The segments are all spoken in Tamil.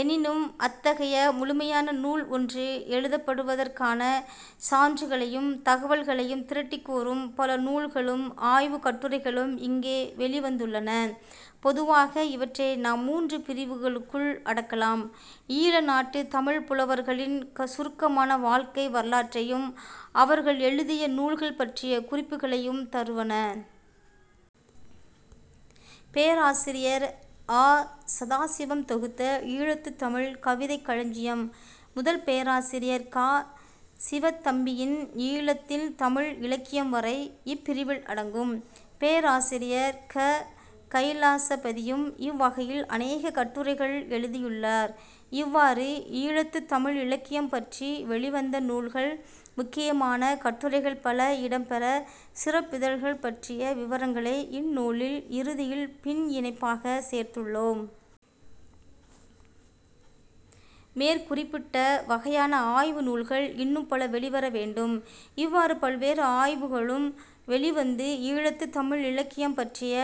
எனினும் அத்தகைய முழுமையான நூல் ஒன்று எழுதப்படுவதற்கான சான்றுகளையும், தகவல்களையும் திரட்டிக் கூறும் பல நூல்களும் ஆய்வுக் கட்டுரைகளும் இங்கே வௌிவந்துள்ளன. பொதுவாக இவற்றை நாம் மூன்று பிரிவுகளுக்குள் அடக்கலாம்.. ஈழநாட்டுத் தமிழ்ப் புலவர்களின் சுருக்கமான வாழ்க்கை வரலாற்றையும், அவர்கள் எழுதிய நூல்கள் பற்றிய குறிப்புகளையும் தருவன. பேராசிரியர். ஆ. சதாசிவம் தொகுத்த 'ஈழத்துத் தமிழ் கவிதைக் களஞ்சியம் ' முதல், பேராசிரியர் கா. சிவத்தம்பியின் ஈழத்தில் தமிழ் இலக்கியம் வரை இப்பிரிவில் அடங்கும். பேராசிரியர் க. கைலாசபதியும் இவ்வகையில் அநேக கட்டுரைகள்எழுதியுள்ளார். இவ்வாறு, ஈழத்துத் தமிழ் இலக்கியம் பற்றி வௌிவந்த நூல்கள், முக்கியமான கட்டுரைகள் பல இடம்பெற்ற சிறப்பிதழ்கள் பற்றிய விபரங்களை இந்நூலின் இறுதியில் பின் இணைப்பாகச் சேர்த்துள்ளோம். மேற்குறிப்பிட்ட வகையான ஆய்வு நூல்கள் இன்னும் பல வௌிவர வேண்டும். இவ்வாறு பல்வேறு ஆய்வுகளூம் வௌிவந்து ஈழத்துத் தமிழ் இலக்கியம் பற்றிய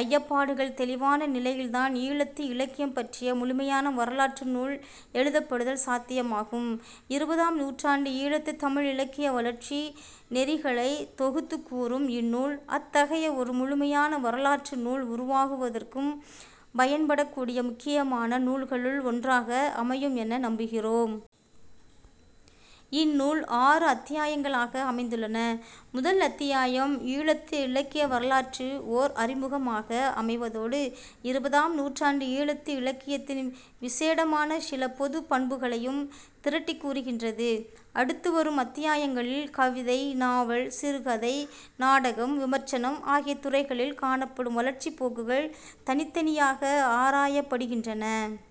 ஐயப்பாடுகள் தௌிவான நிலையில்தான் ஈழத்து இலக்கியம் பற்றிய முழுமையான வரலாற்று நூல் எழுதப்படுதல் சாத்தியமாகும். இருபதாம் நூற்றாண்டு ஈழத்து தமிழ் இலக்கிய வளர்ச்சி நெறிகளைத் தொகுத்துக் கூறும் இந்நூல் அத்தகைய ஒரு முழுமையான வரலாற்று நூல் உருவாகுவதற்குப் பயன்படக்கூடிய முக்கியமான நூல்களுள் ஒன்றாக அமையும் என நம்புகிறோம். இந்நூல் ஆறு அத்தியாயங்களாக அமைந்துள்ளது. முதல் அத்தியாயம் ஈழத்து இலக்கிய வரலாற்றுக்கு ஓர் அறிமுகமாக அமைவதோடு, இருபதாம் நூற்றாண்டு ஈழத்து இலக்கியத்தின் விசேடமான சில பொதுப் பண்புகளையும் திரட்டிக் கூறுகிறது. அடுத்துவரும் அத்தியாங்களில் கவிதை, நாவல், சிறுகதை, நாடகம், விமர்சனம் ஆகிய துறைகளில் காணப்படும் வளர்ச்சிப் போக்குகள் தனித்தனியாக ஆராயப்படுகின்றன.